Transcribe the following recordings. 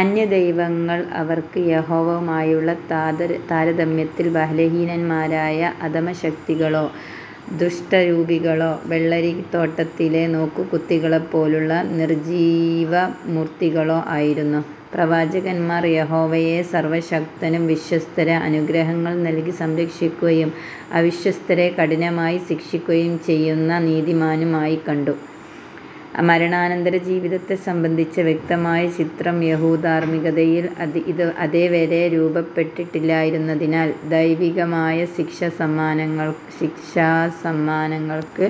അന്യദൈവങ്ങൾ അവർക്ക് യഹോവയുമായുള്ള താരതമ്യത്തിൽ ബലഹീനന്മാരായ അധമശക്തികളോ, ദുഷ്ടരൂപികളോ, വെള്ളരിത്തോട്ടത്തിലെ നോക്കുകുത്തികളെപ്പോലുള്ള നിർജ്ജീവമൂർത്തികളോ ആയിരുന്നു. പ്രവാചകന്മാർ യഹോവയെ സർവശക്തനും വിശ്വസ്തരെ അനുഗ്രഹങ്ങൾ നൽകി സംരക്ഷിക്കുകയും അവിശ്വസ്തരെ കഠിനമായി ശിക്ഷിക്കുകയും ചെയ്യുന്ന നീതിമാനും ആയി കണ്ടു. മരണാനന്തരജീവിതത്തെ സംബന്ധിച്ച വ്യക്തമായ ചിത്രം യഹൂദധാർമ്മികതയിൽ അതേവരേ രൂപപ്പെട്ടിട്ടില്ലായിരുന്നതിനാൽ ദൈവികമായ ശിക്ഷാസമ്മാനങ്ങൾക്ക്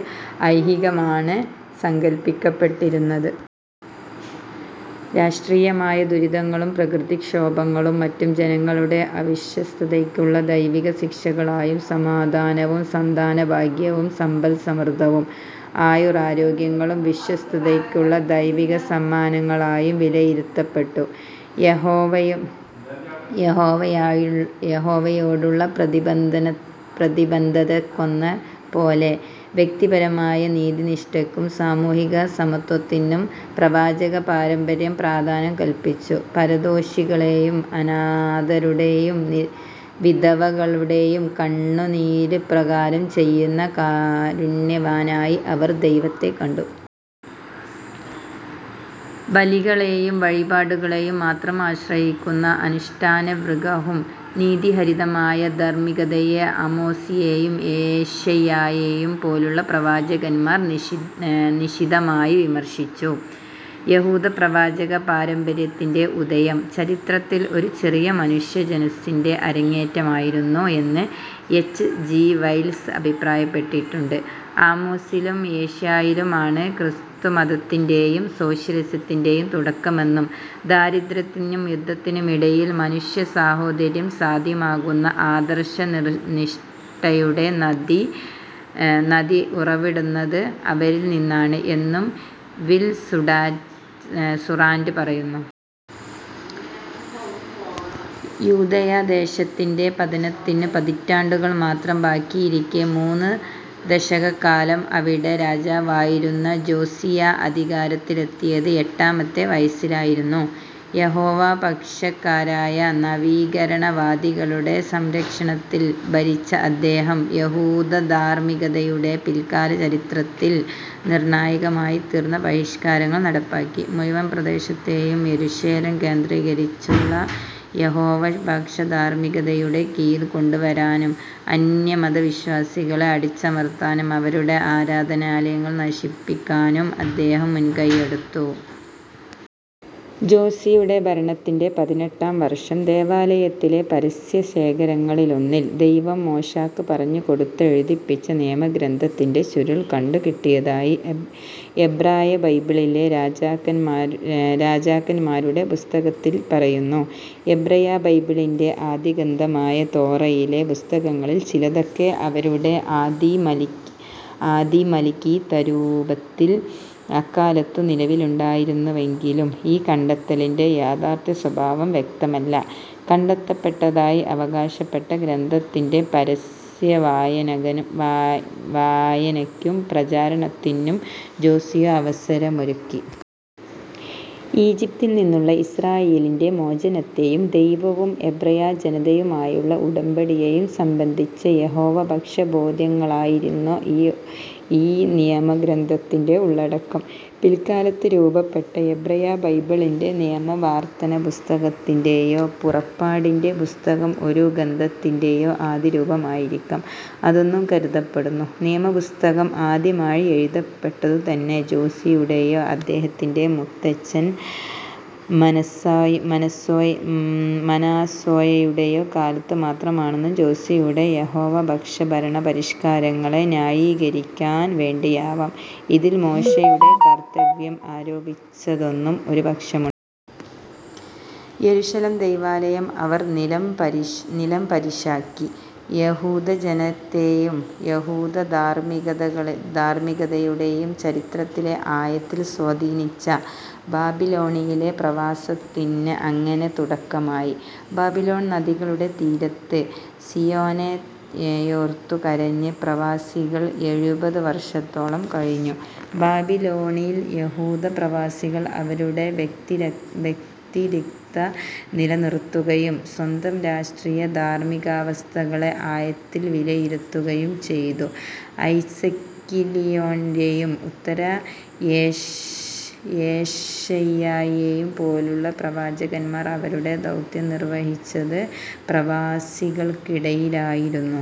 ഐഹികമാനമാണ് സങ്കല്പിക്കപ്പെട്ടിരുന്നത്. രാഷ്ട്രീയമായ ദുരിതങ്ങളും പ്രകൃതിക്ഷോഭങ്ങളും മറ്റും ജനങ്ങളുടെ അവിശ്വസ്തതയ്ക്കുള്ള ദൈവികശിക്ഷകളായും; സമാധാനവും, സന്താനഭാഗ്യവും സമ്പദ്സമൃദ്ധിയും ആയുരാരോഗ്യങ്ങളും വിശ്വസ്തതയ്ക്കുള്ള ദൈവികസമ്മാനങ്ങളായും വിലയിരുത്തപ്പെട്ടു. യഹോവയോടുള്ള പ്രതിബദ്ധതക്കെന്ന പോലെ വ്യക്തിപരമായ നീതിനിഷ്ഠക്കും സാമൂഹികസമത്വത്തിനും പ്രവാചകപാരമ്പര്യം പ്രാധാന്യം കല്പിച്ചു. പരദേശികളുടേയും അനാഥരുടേയും വിധവകളുടേയും കണ്ണുനീരിനു പ്രതികാരം ചെയ്യുന്ന കാരുണ്യവാനായി അവർ ദൈവത്തെ കണ്ടു. ബലികളേയും വഴിപാടുകളേയും മാത്രം ആശ്രയിക്കുന്ന അനുഷ്ഠാനവ്യഗ്രവും നീതിരഹിതവുമായ ധാർമ്മികതയെ ആമോസിനേയുംഏശയ്യായേയും പോലുള്ള പ്രവാചകന്മാർ നിശിതമായി വിമർശിച്ചു. യഹൂദപ്രവാചകപാരമ്പര്യത്തിന്റെ ഉദയം, ചരിത്രത്തിൽ ഒരു പുതിയ മനുഷ്യജനുസ്സിന്റെ അരങ്ങേറ്റമായിരുന്നു എന്ന് എച്ച്. ജി. വെൽസ് അഭിപ്രായപ്പെട്ടിട്ടുണ്ട്. "ആമോസിലും ഏശയ്യായിലും ആണ് ക്രിസ്തുമതത്തിന്റേയും സോഷ്യലിസത്തിന്റേയും തുടക്കമെന്നും ദാരിദ്ര്യത്തിനും യുദ്ധത്തിനുമിടയിലും മനുഷ്യസാഹോദര്യം സാധ്യമാക്കുന്ന ആദർശനിഷ്ഠയുടെ നദി ഉറവെടുത്തത് അവരിൽ നിന്നാണ്" എന്നും വിൽ ഡുറാന്റ് പറയുന്നു. യൂദയാ ദേശത്തിന്റെ പതനത്തിനു പതിറ്റാണ്ടുകൾ മാത്രം ബാക്കിയിരിക്കെ മൂന്നു ദശകക്കാലം അവിടെ രാജാവായിരുന്ന ജോസിയാ അധികാരത്തിലെത്തിയത് എട്ടാമത്തെ വയസ്സിലായിരുന്നു. യഹോവപക്ഷക്കാരായ നവീകരണവാദികളുടെ സംരക്ഷണത്തിൽ ഭരിച്ച അദ്ദേഹം യഹൂദധാർമ്മികതയുടെ പിൽക്കാലചരിത്രത്തിൽ നിർണ്ണായകമായിത്തീർന്ന പരിഷ്കാരങ്ങൾ നടപ്പാക്കി. മുഴുവൻ ദേശത്തേയും യെരുശലേം കേന്ദ്രീകരിച്ചുള്ള യഹോവാപക്ഷ ധാർമ്മികതയുടെ കീഴിൽ കൊണ്ടുവരാനും അന്യമതവിശ്വാസങ്ങളെ അടിച്ചമർത്താനും അവരുടെ ആരാധനാലയങ്ങൾ നശിപ്പിക്കാനും അദ്ദേഹം മുൻകൈയ്യെടുത്തു. ജോസിയായുടെ ഭരണത്തിന്റെ പതിനെട്ടാം വർഷം ദേവാലയത്തിലെ രഹസ്യശേഖരങ്ങളിലൊന്നിൽ, ദൈവം മോശെക്ക് പറഞ്ഞുകൊടുത്തെഴുതിച്ച നിയമഗ്രന്ഥത്തിന്റെ ചുരുൾ കണ്ടുകിട്ടിയതായി എബ്രായബൈബിളിലെ രാജാക്കന്മാരുടെ പുസ്തകത്തിൽ പറയുന്നു. എബ്രായബൈബിളിന്റെ ആദ്യഖണ്ഡമായ തോറയിലെ പുസ്തകങ്ങളിൽ ചിലതൊക്കെ അവയുടെ ആദിമലിഖിതരൂപത്തിൽ അക്കാലത്തു നിലവിലുണ്ടായിരുന്നിരിക്കാമെങ്കിലും ഈ 'കണ്ടെത്തലിന്റെ' യഥാർത്ഥസ്വഭാവം വ്യക്തമല്ല. കണ്ടെത്തപ്പെട്ടതായി അവകാശപ്പെട്ട ഗ്രന്ഥത്തിന്റെ പരസ്യവായനക്കും പ്രചാരണത്തിനും ജോസിയാ അവസരമൊരുക്കി. ഈജിപ്തിൽ നിന്നുള്ള ഇസ്രായേലിന്റെ മോചനത്തേയും ദൈവവും എബ്രായജനതയുമായുള്ള ഉടമ്പടിയേയും സംബന്ധിച്ച യഹോവപക്ഷബോദ്ധ്യങ്ങളായിരുന്നു ഈ നിയമഗ്രന്ഥത്തിന്റെ ഉള്ളടക്കം. പിൽക്കാലത്ത് രൂപപ്പെട്ട എബ്രായബൈബിളിലെ നിയമാവർത്തനപ്പുസ്തകത്തിന്റേയോ, പുറപ്പാടിന്റെ പുസ്തകം ഒരു ഖണ്ഡത്തിന്റേയോ ആദിരൂപം ആയിരിക്കാം അതെന്നു കരുതപ്പെടുന്നു. നിയമപുസ്തകം ആദ്യമായി എഴുതപ്പെട്ടതുതന്നെ ജോസിയായുടെയോ അദ്ദേഹത്തിന്റെ മുത്തച്ഛൻ മനാസ്സേയുടേയോ കാലത്തു മാത്രമാണെന്നും ജോസിയായുടെ യഹോവപക്ഷ ഭരണപരിഷ്കാരങ്ങളെ ന്യായീകരിക്കാൻ വേണ്ടിയാവാം ഇതിൽ മോശയുടെ കർതൃത്വം ആരോപിച്ചതെന്നും ഒരു പക്ഷമുണ്ട്. യെരുശലേം ദേവാലയം അവർ നിലംപരിശാക്കി. യഹൂദജനതയുടേയും യഹൂദധാർമ്മികതയുടേയും ചരിത്രത്തെ ആഴത്തിൽ സ്വാധീനിച്ച ബാബിലോണിലെ പ്രവാസത്തിന് അങ്ങനെ തുടക്കമായി. "ബാബിലോൺ നദികളുടെ തീരത്ത് സിയോനെയോർത്തു കരഞ്ഞ്" പ്രവാസികൾ എഴുപതു വർഷത്തോളം കഴിഞ്ഞു. ബാബിലോണിൽ യഹൂദപ്രവാസികൾ അവരുടെ വ്യതിരിക്തത നിലനിർത്തുകയും സ്വന്തം രാഷ്ട്രീയ-ധാർമ്മികാവസ്ഥകളെ ആഴത്തിൽ വിലയിരുത്തുകയും ചെയ്തു. എസെക്കിയേലിനേയും ഉത്തര-ഏശയ്യായേയും പോലുള്ള പ്രവാചകന്മാർ അവരുടെ ദൗത്യം നിർവഹിച്ചത് പ്രവാസികൾക്കിടയിലായിരുന്നു.